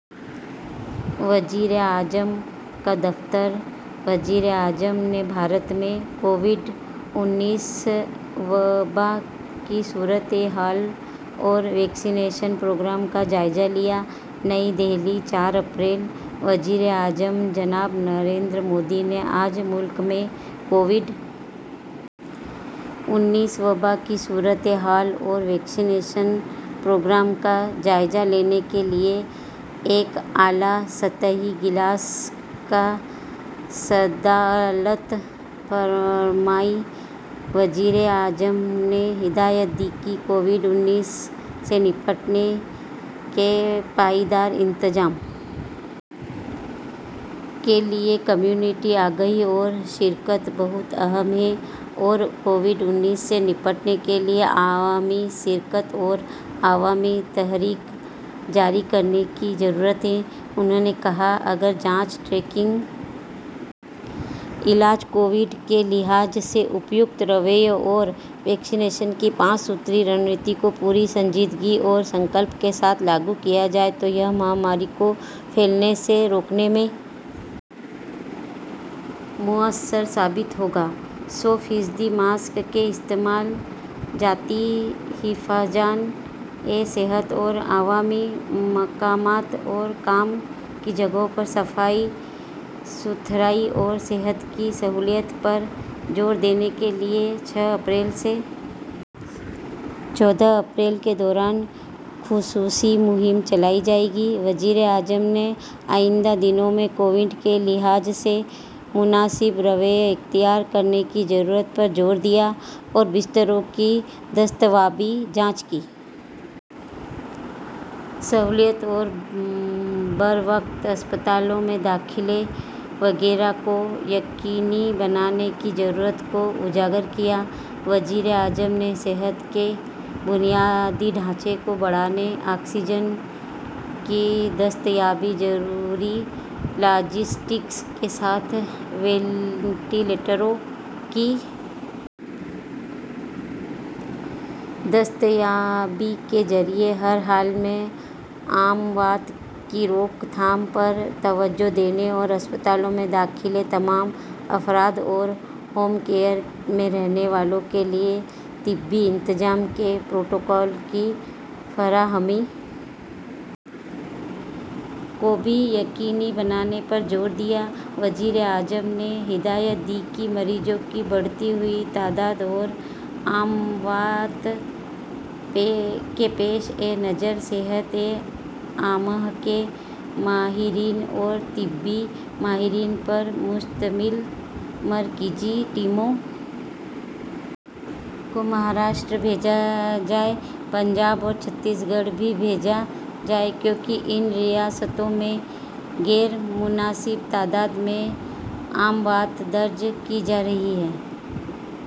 وزیراعظم کا دفتر وزیراعظم نے بھارت میں کووڈ انیس وبا کی صورت حال اور ویکسی نیشن پروگرام کا جائزہ لیا نئی دہلی چار اپریل وزیراعظم جناب نریندر مودی نے آج ملک میں کووڈ انیس وبا کی صورت حال اور ویکسی نیشن پروگرام کا جائزہ لینے کے لیے ایک اعلیٰ سطحی اجلاس کی صدارت فرمائی وزیراعظم نے ہدایت دی کہ کووڈ انیس سے نمٹنے کے پائیدار انتظام کے لیے کمیونٹی آگاہی اور شرکت بہت اہم ہے اور کووڈ انیس سے نمٹنے کے لیے عوامی شرکت اور عوامی تحریک جاری رکھنے کی ضرورت ہے انہوں نے کہا کہ اگر جانچ ٹریسنگ علاج کووڈ کے لحاظ سے مناسب رویے اور ویکسی نیشن کی پنج رخی حکمت عملی کو پوری سنجیدگی اور عزم کے ساتھ نافذ کیا جائے تو یہ وبا کو پھیلنے سے روکنے میں مؤثر ثابت ہوگا سو فیصد ماسک کے استعمال ذاتی حفظان صحت اور عوامی مقامات اور کام کی جگہوں پر صفائی ستھرائی اور صحت کی سہولیات پر زور دینے کے لیے چھ اپریل سے چودہ اپریل کے دوران خصوصی مہم چلائی جائے گی وزیراعظم نے آئندہ دنوں میں کووڈ کے لحاظ سے مناسب رویے اختیار کرنے کی ضرورت پر زور دیا اور بستروں کی دستیابی جانچ کی سہولیات اور بروقت اسپتال میں داخلے وغیرہ کو یقینی بنانے کی ضرورت کو اجاگر کیا وزیراعظم نے صحت کے بنیادی ڈھانچے کو بڑھانے آکسیجن کی دستیابی ضروری لاجسٹکس کے ساتھ وینٹی لیٹروں کی دستیابی کے ذریعے ہر حالت میں اموات کی روک تھام پر توجہ دینے اور اسپتالوں میں داخل تمام افراد اور ہوم کیئر میں رہنے والوں کے لیے طبی انتظام کے پروٹوکول کی فراہمی کو بھی یقینی بنانے پر زور دیا وزیراعظم نے ہدایت دی کہ مریضوں کی بڑھتی ہوئی تعداد اور اموات کے پیش نظر صحت عامہ کے ماہرین اور طبی ماہرین پر مشتمل مرکزی ٹیموں کو مہاراشٹر بھیجا جائے نیز پنجاب اور چھتیس گڑھ بھی بھیجا جائے کیونکہ ان ریاستوں میں غیر متناسب تعداد میں اموات درج کی جا رہی ہیں